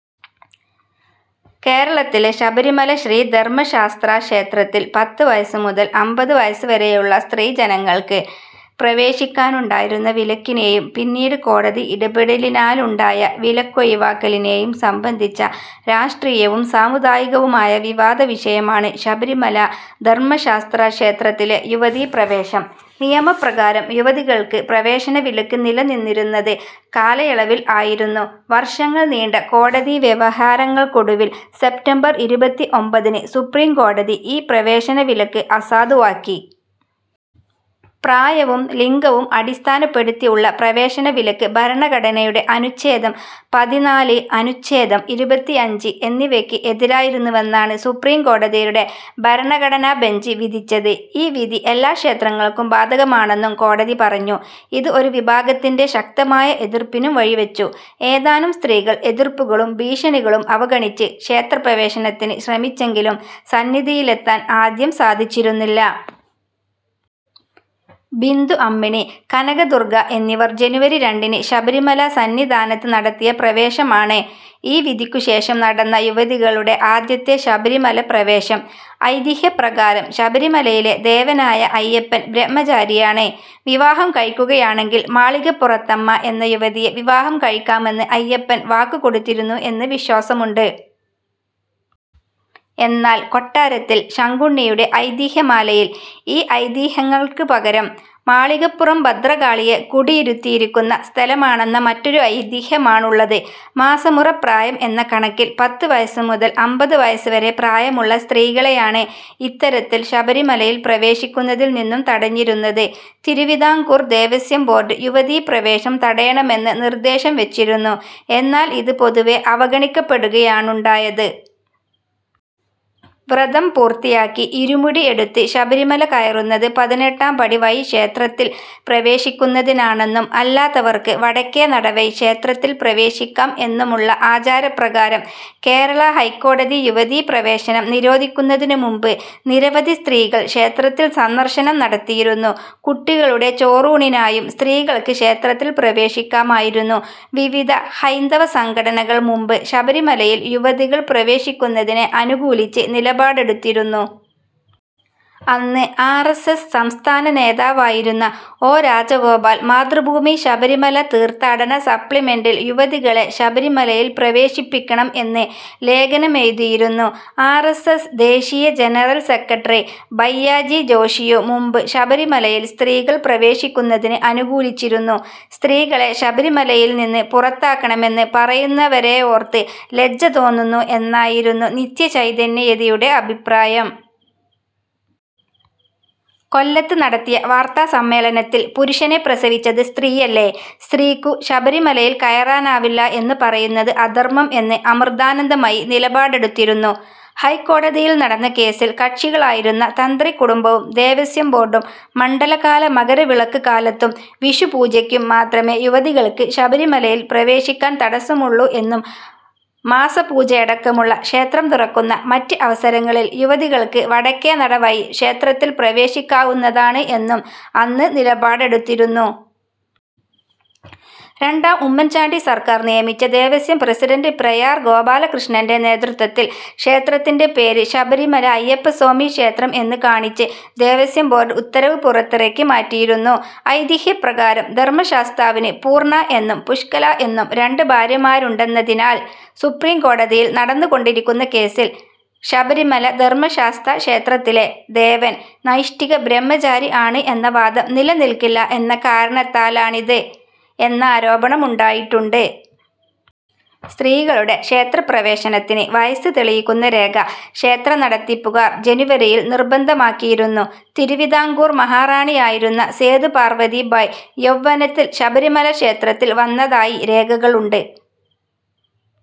കേരളത്തിലെ ശബരിമല ശ്രീ ധർമ്മശാസ്താക്ഷേത്രത്തിൽ പത്ത് വയസ് മുതൽ അമ്പത് വയസ് വരെയുള്ള സ്ത്രീജനങ്ങൾക്ക് പ്രവേശിക്കാനുണ്ടായിരുന്ന വിലക്കിനേയും പിന്നീട് കോടതി ഇടപെടലിനാലുണ്ടായ വിലക്കൊഴിവാക്കലിനേയും സംബന്ധിച്ച രാഷ്ട്രീയവും സാമുദായികവുമായ വിവാദ വിഷയമാണ് ശബരിമല ധർമ്മശാസ്താ ക്ഷേത്രത്തിലെ യുവതീപ്രവേശം. നിയമപ്രകാരം യുവതികൾക്ക് പ്രവേശനവിലക്ക് നിലനിന്നിരുന്നത് കാലയളവിൽ ആയിരുന്നു. വർഷങ്ങൾ നീണ്ട കോടതി വ്യവഹാരങ്ങൾക്കൊടുവിൽ സെപ്റ്റംബർ ഇരുപത്തിഒമ്പതിന് സുപ്രീം കോടതി ഈ പ്രവേശനവിലക്ക് അസാധുവാക്കി. പ്രായവും ലിംഗവും അടിസ്ഥാനപ്പെടുത്തി ഉള്ള പ്രവേശനവിലക്ക് ഭരണഘടനയുടെ അനുച്ഛേദം പതിനാല്, അനുച്ഛേദം ഇരുപത്തിയഞ്ച് എന്നിവക്ക് എതിരായിരുന്നുവെന്നാണ് സുപ്രീം കോടതിയുടെ ഭരണഘടനാബെഞ്ച് വിധിച്ചത്. ഈ വിധി എല്ലാ ക്ഷേത്രങ്ങൾക്കും ബാധകമാണെന്നും കോടതി പറഞ്ഞു. ഇത് ഒരു വിഭാഗത്തിന്റെ ശക്തമായ എതിർപ്പിനും വഴിവെച്ചു. ഏതാനും സ്ത്രീകൾ എതിർപ്പുകളും ഭീഷണികളും അവഗണിച്ച് ക്ഷേത്രപ്രവേശനത്തിന് ശ്രമിച്ചെങ്കിലും സന്നിധിയിലെത്താൻ ആദ്യം സാധിച്ചിരുന്നില്ല. ബിന്ദു അമ്മിണി, കനകദുർഗ എന്നിവർ ജനുവരി രണ്ടിന് ശബരിമല സന്നിധാനത്ത് നടത്തിയ പ്രവേശമാണ്, ഈ വിധിക്കുശേഷം നടന്ന യുവതികളുടെ ആദ്യത്തെ ശബരിമലപ്രവേശം. ഐതിഹ്യപ്രകാരം ശബരിമലയിലെ ദേവനായ അയ്യപ്പൻ, ബ്രഹ്മചാരിയാണ്. വിവാഹം കഴിക്കുകയാണെങ്കിൽ മാളികപ്പുറത്തമ്മ എന്ന യുവതിയെ വിവാഹം കഴിക്കാമെന്ന് അയ്യപ്പൻ വാക്ക് കൊടുത്തിരുന്നു എന്ന് വിശ്വാസമുണ്ട്. എന്നാൽ കൊട്ടാരത്തിൽ ശങ്കുണ്ണിയുടെ ഐതിഹ്യമാലയിൽ ഈ ഐതിഹ്യങ്ങൾക്ക് പകരം, മാളികപ്പുറം ഭദ്രകാളിയെ കുടിയിരുത്തിയിരിക്കുന്ന സ്ഥലമാണെന്ന മറ്റൊരു ഐതിഹ്യമാണുള്ളത്. മാസമുറ പ്രായം എന്ന കണക്കിൽ പത്ത് വയസ് മുതൽ അമ്പത് വയസ് വരെ പ്രായമുള്ള സ്ത്രീകളെയാണ് ഇത്തരത്തിൽ ശബരിമലയിൽ പ്രവേശിക്കുന്നതിൽ നിന്നും തടഞ്ഞിരുന്നത്. തിരുവിതാംകൂർ ദേവസ്വം ബോർഡ് യുവതീ പ്രവേശം തടയണമെന്ന് നിർദ്ദേശം വെച്ചിരുന്നു, എന്നാൽ ഇത് പൊതുവേ അവഗണിക്കപ്പെടുകയാണുണ്ടായത്. വ്രതം പൂർത്തിയാക്കി ഇരുമുടി എടുത്ത് ശബരിമല കയറുന്നത് പതിനെട്ടാംപടി വഴി ക്ഷേത്രത്തിൽ പ്രവേശിക്കുന്നതിനാണെന്നും അല്ലാത്തവർക്ക് വടക്കേ നടവഴി ക്ഷേത്രത്തിൽ പ്രവേശിക്കാം എന്നുമുള്ള ആചാരപ്രകാരം, കേരള ഹൈക്കോടതി യുവതീപ്രവേശനം നിരോധിക്കുന്നതിന് മുമ്പ്, നിരവധി സ്ത്രീകൾ ക്ഷേത്രത്തിൽ സന്ദർശനം നടത്തിയിരുന്നു. കുട്ടികളുടെ ചോറൂണിനായും സ്ത്രീകൾക്ക് ക്ഷേത്രത്തിൽ പ്രവേശിക്കാമായിരുന്നു. വിവിധ ഹൈന്ദവസംഘടനകൾ മുമ്പ് ശബരിമലയിൽ യുവതികൾ പ്രവേശിക്കുന്നതിനെ അനുകൂലിച്ച് നിലപാടെടുത്തിരുന്നു. അന്ന് ആർ. എസ്. എസ്. സംസ്ഥാന നേതാവായിരുന്ന ഒ. രാജഗോപാൽ മാതൃഭൂമി ശബരിമല തീർത്ഥാടന സപ്ലിമെന്റിൽ യുവതികളെ ശബരിമലയിൽ പ്രവേശിപ്പിക്കണം എന്ന് ലേഖനമെഴുതിയിരുന്നു. ആർ. എസ്. എസ്. ദേശീയ ജനറൽ സെക്രട്ടറി ഭയ്യാജി ജോഷിയും മുമ്പ് ശബരിമലയിൽ സ്ത്രീകൾ പ്രവേശിക്കുന്നതിന് അനുകൂലിച്ചിരുന്നു. 'സ്ത്രീകളെ ശബരിമലയിൽ നിന്ന് പുറത്താക്കണമെന്ന് പറയുന്നവരെയോർത്ത് ലജ്ജ തോന്നുന്നു' എന്നായിരുന്നു നിത്യചൈതന്യയെതിയുടെ അഭിപ്രായം. കൊല്ലത്ത് നടത്തിയ വാർത്താസമ്മേളനത്തിൽ 'പുരുഷനെ പ്രസവിച്ചത് സ്ത്രീയല്ലേ, സ്ത്രീക്കു ശബരിമലയിൽ കയറാനാവില്ല എന്നു പറയുന്നത് അധർമ്മം' എന്ന് അമൃതാനന്ദമയി നിലപാടെടുത്തിരുന്നു. ഹൈക്കോടതിയിൽ നടന്ന കേസിൽ കക്ഷികളായിരുന്ന തന്ത്രികുടുംബവും ദേവസ്വം ബോർഡും മണ്ഡലകാല മകരവിളക്ക് കാലത്തും വിഷുപൂജയ്ക്കും മാത്രമേ യുവതികൾക്ക് ശബരിമലയിൽ പ്രവേശിക്കാൻ തടസ്സമുള്ളു എന്നും മാസപൂജയടക്കമുള്ള, ക്ഷേത്രം തുറക്കുന്ന, മറ്റ് അവസരങ്ങളിൽ യുവതികൾക്ക് വടക്കേനട വഴി ക്ഷേത്രത്തിൽ പ്രവേശിക്കാവുന്നതാണ് എന്നും അന്ന് നിലപാടെടുത്തിരുന്നു. രണ്ടാം ഉമ്മൻ ചാണ്ടി സർക്കാർ നിയമിച്ച ദേവസ്വം പ്രസിഡന്റ് പ്രയാർ ഗോപാലകൃഷ്ണന്റെ നേതൃത്വത്തിൽ ക്ഷേത്രത്തിന്റെ പേര് ശബരിമല അയ്യപ്പസ്വാമി ക്ഷേത്രം എന്ന് കാണിച്ച് ദേവസ്വം ബോർഡ് ഉത്തരവ് പുറത്തിറക്കി മാറ്റിയിരുന്നു. ഐതിഹ്യപ്രകാരം ധർമ്മശാസ്താവിന് പൂർണ്ണ എന്നും പുഷ്കല എന്നും രണ്ട് ഭാര്യമാരുണ്ടെന്നതിനാൽ, സുപ്രീം കോടതിയിൽ നടന്നുകൊണ്ടിരിക്കുന്ന കേസിൽ, ശബരിമല ധർമ്മശാസ്താക്ഷേത്രത്തിലെ ദേവൻ നൈഷ്ഠിക ബ്രഹ്മചാരി ആണ് എന്ന വാദം നിലനിൽക്കില്ല എന്ന കാരണത്താലാണിത് എന്നാരോപണമുണ്ടായിട്ടുണ്ട്. സ്ത്രീകളുടെ ക്ഷേത്രപ്രവേശനത്തിന് വയസ്സ് തെളിയിക്കുന്ന രേഖ ക്ഷേത്രനടത്തിപ്പുകാർ ജനുവരിയിൽ നിർബന്ധമാക്കിയിരുന്നു. തിരുവിതാംകൂർ മഹാറാണിയായിരുന്ന സേതു പാർവ്വതി ബായ്, യൗവനത്തിൽ ശബരിമല ക്ഷേത്രത്തിൽ വന്നതായി രേഖകളുണ്ട്.